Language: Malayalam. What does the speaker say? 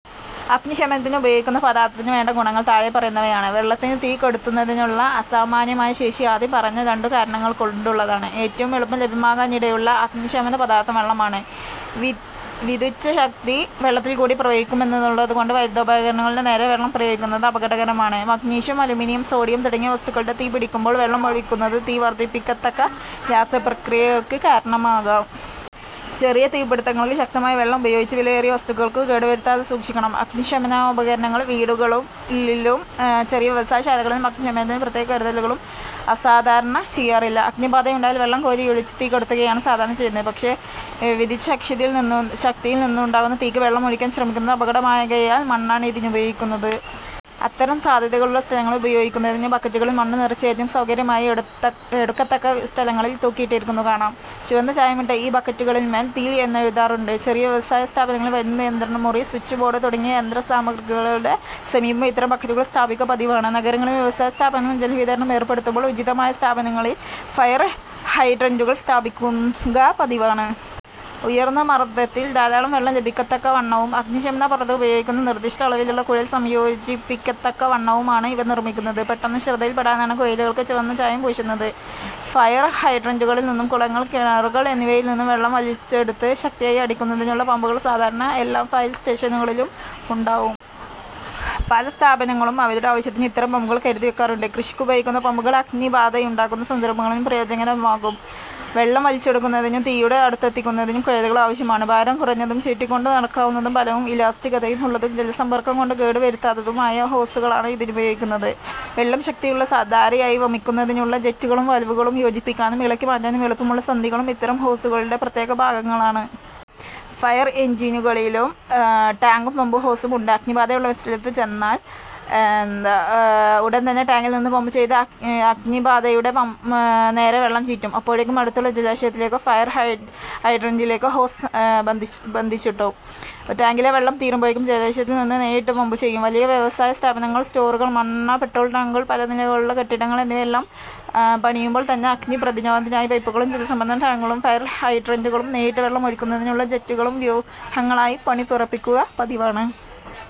അഗ്നി ശമനത്തിന് ഉപയോഗിക്കുന്ന പദാർഥത്തിന് വേണ്ട ഗുണങ്ങൾ താഴെ പറയുന്നവയാണ്: വെള്ളത്തിന് തീ കെടുത്തുന്നതിനുള്ള അസാമാന്യമായ ശേഷി ആദ്യം പറഞ്ഞ രണ്ടു കാരണങ്ങൾകൊണ്ടുള്ളതാണ്. ഏറ്റവും എളുപ്പം ലഭ്യമാകാനിടയുള്ള അഗ്നിശമനപദാർഥം വെള്ളമാണ്. വിദ്യുച്ഛക്തി വെള്ളത്തിൽക്കൂടി പ്രവഹിക്കുമെന്നുള്ളതുകൊണ്ട് വൈദ്യുതോപകരണങ്ങളുടെ നേരെ വെള്ളം പ്രയോഗിക്കുന്നത് അപകടകരമാണ്. മഗ്നീഷ്യം, അലൂമിനിയം, സോഡിയം തുടങ്ങിയ വസ്തുക്കൾക്കു തീ പിടിക്കുമ്പോൾ വെള്ളം ഒഴിക്കുന്നത് തീ വർധിപ്പിക്കത്തക്ക രാസപ്രക്രിയകൾക്ക് കാരണമാകാം. ചെറിയ തീപിടിത്തങ്ങൾക്ക് ശക്തമായി വെള്ളം ഉപയോഗിച്ചു വിലയേറിയ വസ്തുക്കൾക്കു കേടുവരുത്താതെ സൂക്ഷിക്കണം. അഗ്നിശമനോപകരണങ്ങൾ വീടുകളും തീയിലും ചെറിയ വ്യവസായശാലകളിലും അഗ്നിശമനത്തിനു പ്രത്യേക കരുതലുകളും അസാധാരണ ചെയ്യാറില്ല. അഗ്നിബാധയുണ്ടായാൽ വെള്ളം കോരിയൊഴിച്ചു തീ കെടുത്തുകയാണ് സാധാരണ ചെയ്യുന്നത്. പക്ഷേ വിദ്യുച്ഛക്തിയിൽനിന്നുണ്ടാകുന്ന തീയ്ക്ക് വെള്ളമൊഴിക്കാൻ ശ്രമിക്കുന്നത് അപകടമാകയാൽ മണ്ണാണ് ഇതിന് ഉപയോഗിക്കുന്നത്. അത്തരം സാധ്യതകളുള്ള സ്ഥലങ്ങളിൽ ഉപയോഗിക്കുന്നതിന് ബക്കറ്റുകളിൽ മണ്ണുനിറച്ച്, ഏറ്റവും സൗകര്യമായി എടുക്കത്തക്ക സ്ഥലങ്ങളിൽ, തൂക്കിയിട്ടിരിക്കുന്നത് കാണാം. ചുവന്ന ചായമിട്ട ഈ ബക്കറ്റുകളിൻമേൽ തീ എന്നെഴുതാറുണ്ട്. ചെറിയ വ്യവസായസ്ഥാപനങ്ങളിലെ വൈദ്യുതിനിയന്ത്രണമുറി, സ്വിച്ച് ബോർഡ് തുടങ്ങിയ യന്ത്രസാമഗ്രികളുടെ സമീപം ഇത്തരം ബക്കറ്റുകൾ സ്ഥാപിക്കുക പതിവാണ്. നഗരങ്ങളിലും വ്യവസായ സ്ഥാപനങ്ങളിലും ജലവിതരണം ഏർപ്പെടുത്തുമ്പോൾ ഉചിതമായ സ്ഥാനങ്ങളിൽ ഫയർ ഹൈഡ്രന്റുകൾ സ്ഥാപിക്കുക പതിവാണ്. ഉയർന്ന മർദത്തിൽ ധാരാളം വെള്ളം ലഭിക്കത്തക്കവണ്ണവും അഗ്നിശമനപ്രവർത്തകർ ഉപയോഗിക്കുന്ന നിർദിഷ്ട അളവിലുള്ള കുഴൽ സംയോജിപ്പിക്കത്തക്കവണ്ണവും ആണ് ഇവ നിർമ്മിക്കുന്നത്. പെട്ടെന്നു ശ്രദ്ധയിൽപെടാനാണ് കുഴലുകൾക്കു ചുവന്ന ചായം പൂശുന്നത്. ഫയർ ഹൈഡ്രന്റുകളിൽനിന്നും, കുളങ്ങൾ, കിണറുകൾ എന്നിവയിൽനിന്നും വെള്ളം വലിച്ചെടുത്ത് ശക്തിയായി അടിക്കുന്നതിനുള്ള പമ്പുകൾ സാധാരണ എല്ലാ ഫയർ സ്റ്റേഷനുകളിലും ഉണ്ടാകും. പല സ്ഥാപനങ്ങളും അവരുടെ ആവശ്യത്തിന് ഇത്തരം പമ്പുകൾ കരുതിവയ്ക്കാറുണ്ട്. കൃഷിക്കുപയോഗിക്കുന്ന പമ്പുകൾ അഗ്നിബാധയുണ്ടാകുന്ന സന്ദർഭങ്ങളിലും പ്രയോജനകരമാകും. വെള്ളം വലിച്ചെടുക്കുന്നതിനും തീയുടെ അടുത്തെത്തിക്കുന്നതിനും കുഴലുകൾ ആവശ്യമാണ്. ഭാരം കുറഞ്ഞതും ചുരുട്ടിക്കൊണ്ടു നടക്കാവുന്നതും ബലവും ഇലാസ്തികതയും ഉള്ളതും ജലസമ്പർക്കംകൊണ്ട് കേടുവരുത്താത്തതും ആയ ഹോസുകളാണ് ഇതിനുപയോഗിക്കുന്നത്. വെള്ളം ശക്തിയുള്ള ധാരയായി വമിക്കുന്നതിനുള്ള ജെറ്റുകളും വാൽവുകളും, യോജിപ്പിക്കാനും ഇളക്കിമാറ്റാനും എളുപ്പമുള്ള സന്ധികളും ഇത്തരം ഹോസുകളുടെ പ്രത്യേകഭാഗങ്ങളാണ്. ഫയർ എൻജിനുകളിലും ടാങ്കും പമ്പും ഹോസും ഉണ്ട്. അഗ്നിബാധയുള്ള ഒരു സ്ഥലത്ത് ചെന്നാൽ എന്താ ഉടൻതന്നെ ടാങ്കിൽനിന്നു പമ്പുചെയ്ത് അഗ്നിബാധയുടെ നേരെ വെള്ളം ചീറ്റും. അപ്പോഴേക്കും അടുത്തുള്ള ജലാശയത്തിലേക്കോ ഫയർ ഹൈഡ്രന്റിലേക്കോ ഹോസ് ബന്ധിച്ചിടും. ടാങ്കിലെ വെള്ളം തീരുമ്പോഴേക്കും ജലാശയത്തിൽനിന്നു നേരിട്ട് പമ്പു ചെയ്യും. വലിയ വ്യവസായസ്ഥാപനങ്ങൾ, സ്റ്റോറുകൾ, മണ്ണെണ്ണ-പെട്രോൾടാങ്കുകൾ, പല നിലകളുള്ള കെട്ടിടങ്ങൾ എന്നിവയെല്ലാം പണിയുമ്പോൾ തന്നെ അഗ്നിപ്രതിരോധത്തിനായി പൈപ്പുകളും ജലസംഭരണ ടാങ്കുകളും ഫയർ ഹൈഡ്രന്റുകളും നേരിട്ട് വെള്ളം ഒഴിക്കുന്നതിനുള്ള ജെറ്റുകളും വ്യൂഹങ്ങളായി പണിതുറപ്പിക്കുക പതിവാണ്.